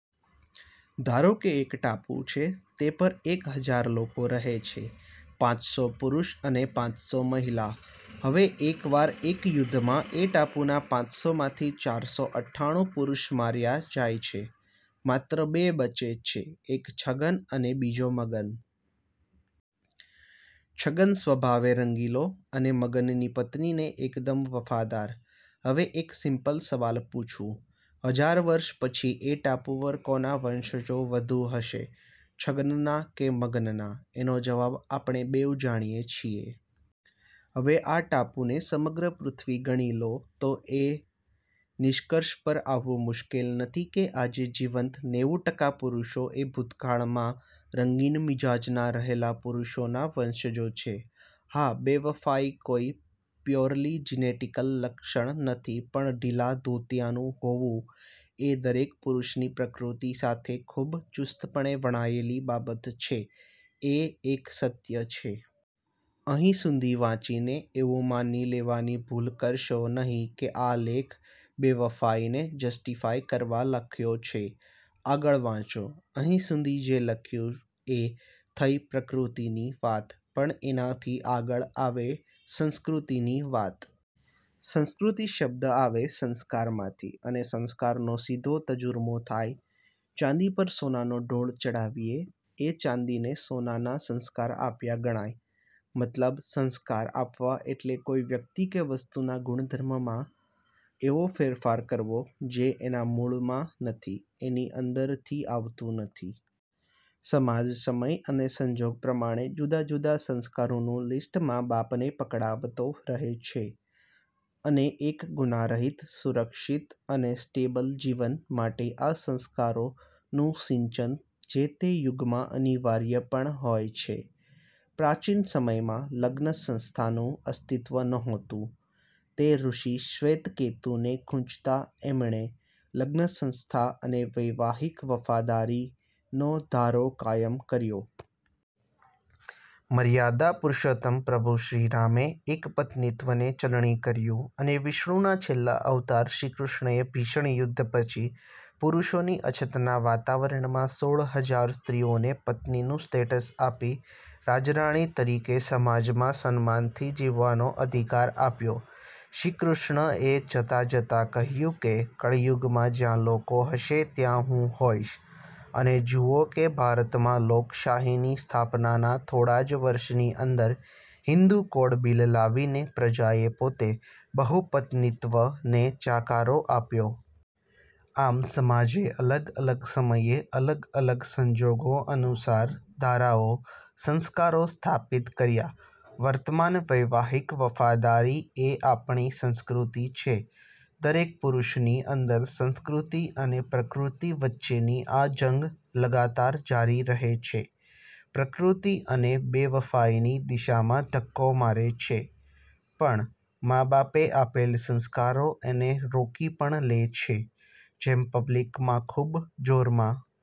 ધારોકે એક ટાપુ છે. તેના પર એક હજાર લોકો રહે છે: પાંચસો પુરુષ અને પાંચસો મહિલા. હવે, એક વાર એક યુદ્ધ માં, એ ટાપુના પાંચસો માંથી ચારસો અઠ્ઠાણું પુરુષ માર્યા જાય છે. માત્ર બે બચે છે: એક છગન અને બીજો મગન. છગન સ્વભાવે રંગીલો અને મગન પત્ની ને એકદમ વફાદાર. હવે, એક સિમ્પલ સવાલ પૂછું: હજાર વર્ષ પછી એ ટાપુ પર કોના વંશજો વધુ હશે, છગન ના કે મગન ના? આનો જવાબ આપણે બેઉ જાણીએ છીએ. હવે, આ ટાપુને સમગ્ર પૃથ્વી ગણી લો તો એ નિષ્કર્ષ પર આવવાનું મુશ્કેલ નથી કે આજે જીવંત નેવું ટકા પુરુષો એ ભૂતકાળ માં રંગીનમિજાજ રહેલા પુરુષોના વંશજો છે. હા, બેવફાઇ કોઈ પ્યોરલી જીનેટિક લક્ષણ નથી પણ ઢીલા ધોતિયાના હોવું એ દરેક પુરુષની પ્રકૃતિ સાથે ખૂબ ચુસ્તપણે વણાયેલી બાબત છે, એ એક સત્ય છે. અહીં સુધી વાંચીને એવું માની લેવાની ભૂલ કરશો નહિ કે આ લેખ બેવફાઈને જસ્ટીફાય કરવા લખ્યો છે. આગળ વાંચો: અહીં સુધી જે લખ્યું એ થઈ પ્રકૃતિની વાત. પણ એનાથી આગળ આવે સંસ્કૃતિ ની વાત. સંસ્કૃતિ શબ્દ આવે સંસ્કાર માંથી અને સંસ્કાર નો સીધો તજુરમો થાય. ચાંદી પર સોનાનો ઢોળ ચઢાવીએ એ ચાંદીને સોનાના સંસ્કાર આપ્યા ગણાય. મતલબ સંસ્કાર આપવા એટલે કોઈ વ્યક્તિ કે વસ્તુના ગુણધર્મ માં એવો ફેરફાર કરવો જે એના મૂળમાં નથી, એની અંદરથી આવતું નથી. સમાજ સમય અને સંજોગ પ્રમાણે જુદા જુદા સંસ્કારોનું લીસ્ટ મા-બાપને પકડાવતો રહે છે, અને એક ગુનારહિત, સુરક્ષિત અને સ્ટેબલ જીવન માટે આ સંસ્કારો નું સિંચન જે તે યુગમાં અનિવાર્ય પણ હોય છે. પ્રાચીન સમયમાં લગ્નસંસ્થા નું અસ્તિત્વ નહોતું તે ઋષિ શ્વેતકેતુ ને ખુંચતા એમણે લગ્નસંસ્થા અને વૈવાહિક વફાદારી નો ધારો કાયમ કર્યો. મર્યાદાપુરુષોત્તમ પ્રભુ શ્રીરામે એકપત્નીત્વને ચલણી કર્યુ અને વિષ્ણુના છેલ્લા અવતાર શ્રીકૃષ્ણએ ભીષણ યુદ્ધ પછી પુરુષોની અછતના વાતાવરણમાં સોળ હજાર સ્ત્રીઓને પત્નીનું સ્ટેટસ આપી રાજરાણી તરીકે સમાજમાં સન્માનથી જીવવાનો અધિકાર આપ્યો. શ્રીકૃષ્ણ એ જતા જતા કહ્યું કે "કળયુગ માં જ્યાં લોકો હશે ત્યાં હું હોઈશ" અને જુઓ કે ભારતમાં લોકશાહીની સ્થાપનાના થોડાજ વર્ષની અંદર હિન્દુ કોડ બિલ લાવીને પ્રજાએ પોતે બહુપત્નિત્વ ને જાકારો આપ્યો. આમ, સમાજે અલગ અલગ સમયે અલગ અલગ સંજોગો અનુસાર ધારાઓ/સંસ્કારો સ્થાપિત કર્યા. વર્તમાનમાં વૈવાહિક વફાદારી, એ આપણી સંસ્કૃતિ છે. દરેક પુરુષની અંદર સંસ્કૃતિ અને પ્રકૃતિ વચ્ચેની આ જંગ લગાતાર જારી રહે છે. પ્રકૃતિ એને બેવફાઈની દિશામાં ધક્કો મારે છે પણ માં-બાપે આપેલ સંસ્કારો એને રોકી પણ લે છે. જેમ પબ્લિક માં ખુબ જોરમાં